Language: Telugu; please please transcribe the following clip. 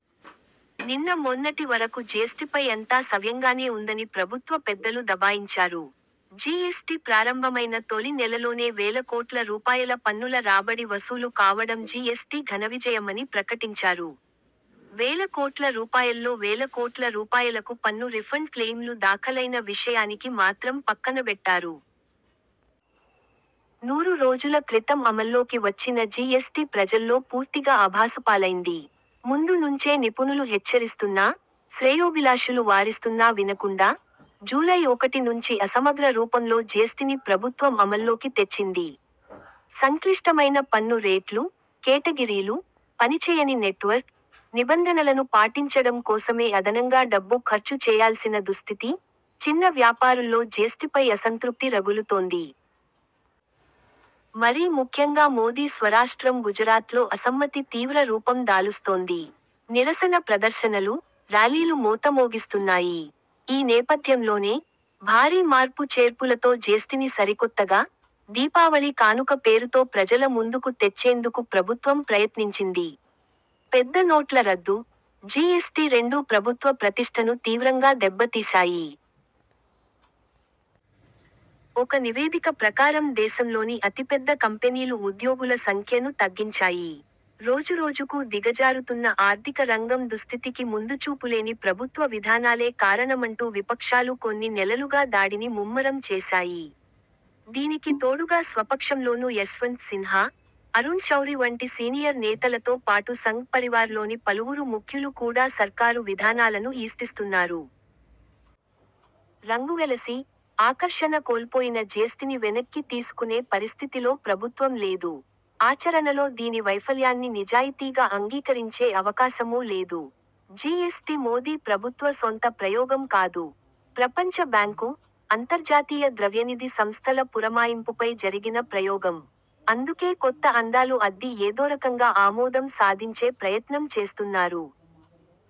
నిన్న మొన్నటి వరకు జిఎస్టిపై అంతా సవ్యంగానే ఉందని ప్రభుత్వ పెద్దలు దబాయించారు. జిఎస్టి ప్రారంభమైన తొలి నెలలోనే వేల కోట్ల రూపాయల పన్నుల రాబడి వసూలు కావడం జిఎస్టి ఘనవిజయమని ప్రకటించారు. వేల కోట్ల రూపాయల్లో వేల కోట్ల రూపాయలకు పన్ను రిఫండ్ క్లెయిమ్లు దాఖలైన విషయం మాత్రం పక్కనబెట్టారు. నూరు రోజుల క్రితం అమల్లోకి వచ్చిన జిఎస్టి ప్రజల్లో పూర్తిగా అభాసుపాలైంది. ముందు నుంచే నిపుణులు హెచ్చరిస్తున్నా, శ్రేయోభిలాషులు వారిస్తున్నా వినకుండా, జూలై ఒకటి నుంచి అసమగ్ర రూపంలో జిఎస్టిని ప్రభుత్వం అమల్లోకి తెచ్చింది. సంక్లిష్టమైన పన్ను రేట్లు, కేటగిరీలు, పనిచేయని నెట్వర్క్, నిబంధనలను పాటించడం కోసమే అదనంగా డబ్బు ఖర్చు చేయాల్సిన దుస్థితి, చిన్న వ్యాపారుల్లో జిఎస్టిపై అసంతృప్తి రగులుతోంది. మరీ ముఖ్యంగా మోదీ స్వరాష్ట్రం గుజరాత్లో అసమ్మతి తీవ్ర రూపం దాలుస్తోంది. నిరసన ప్రదర్శనలు, ర్యాలీలు మోతమోగిస్తున్నాయి. ఈ నేపథ్యంలోనే, భారీ మార్పు చేర్పులతో జిఎస్టిని సరికొత్తగా, దీపావళి కానుక పేరుతో ప్రజల ముందుకు తెచ్చేందుకు ప్రభుత్వం ప్రయత్నించింది. పెద్ద నోట్ల రద్దు, జిఎస్టి రెండూ ప్రభుత్వ ప్రతిష్ఠను తీవ్రంగా దెబ్బతీశాయి. ఒక నివేదిక ప్రకారం దేశంలోని అతిపెద్ద కంపెనీలు ఉద్యోగుల సంఖ్యను తగ్గించాయి. రోజురోజుకూ దిగజారుతున్న ఆర్థిక రంగం దుస్థితికి ముందుచూపులేని ప్రభుత్వ విధానాలే కారణమంటూ విపక్షాలు కొన్ని నెలలుగా దాడిని ముమ్మరం చేశాయి. దీనికి తోడుగా స్వపక్షంలోనూ యశ్వంత్ సిన్హా, అరుణ్ శౌరి వంటి సీనియర్ నేతలతో పాటు సంఘ్ పరివార్లోని పలువురు ముఖ్యులు కూడా సర్కారు విధానాలను ఈసడిస్తున్నారు. రంగువెలసి, ఆకర్షణ కోల్పోయిన జిఎస్టిని వెనక్కి తీసుకునే పరిస్థితిలో ప్రభుత్వం లేదు. ఆచరణలో దీని వైఫల్యాన్ని నిజాయితీగా అంగీకరించే అవకాశమూ లేదు. జిఎస్టి మోదీ ప్రభుత్వ సొంత ప్రయోగం కాదు. ప్రపంచ బ్యాంకు, అంతర్జాతీయ ద్రవ్యనిధి సంస్థల పురమాయింపుపై జరిగిన ప్రయోగం. అందుకే కొత్త అందాలు అద్ది ఏదోరకంగా ఆమోదం సాధించే ప్రయత్నం చేస్తున్నారు.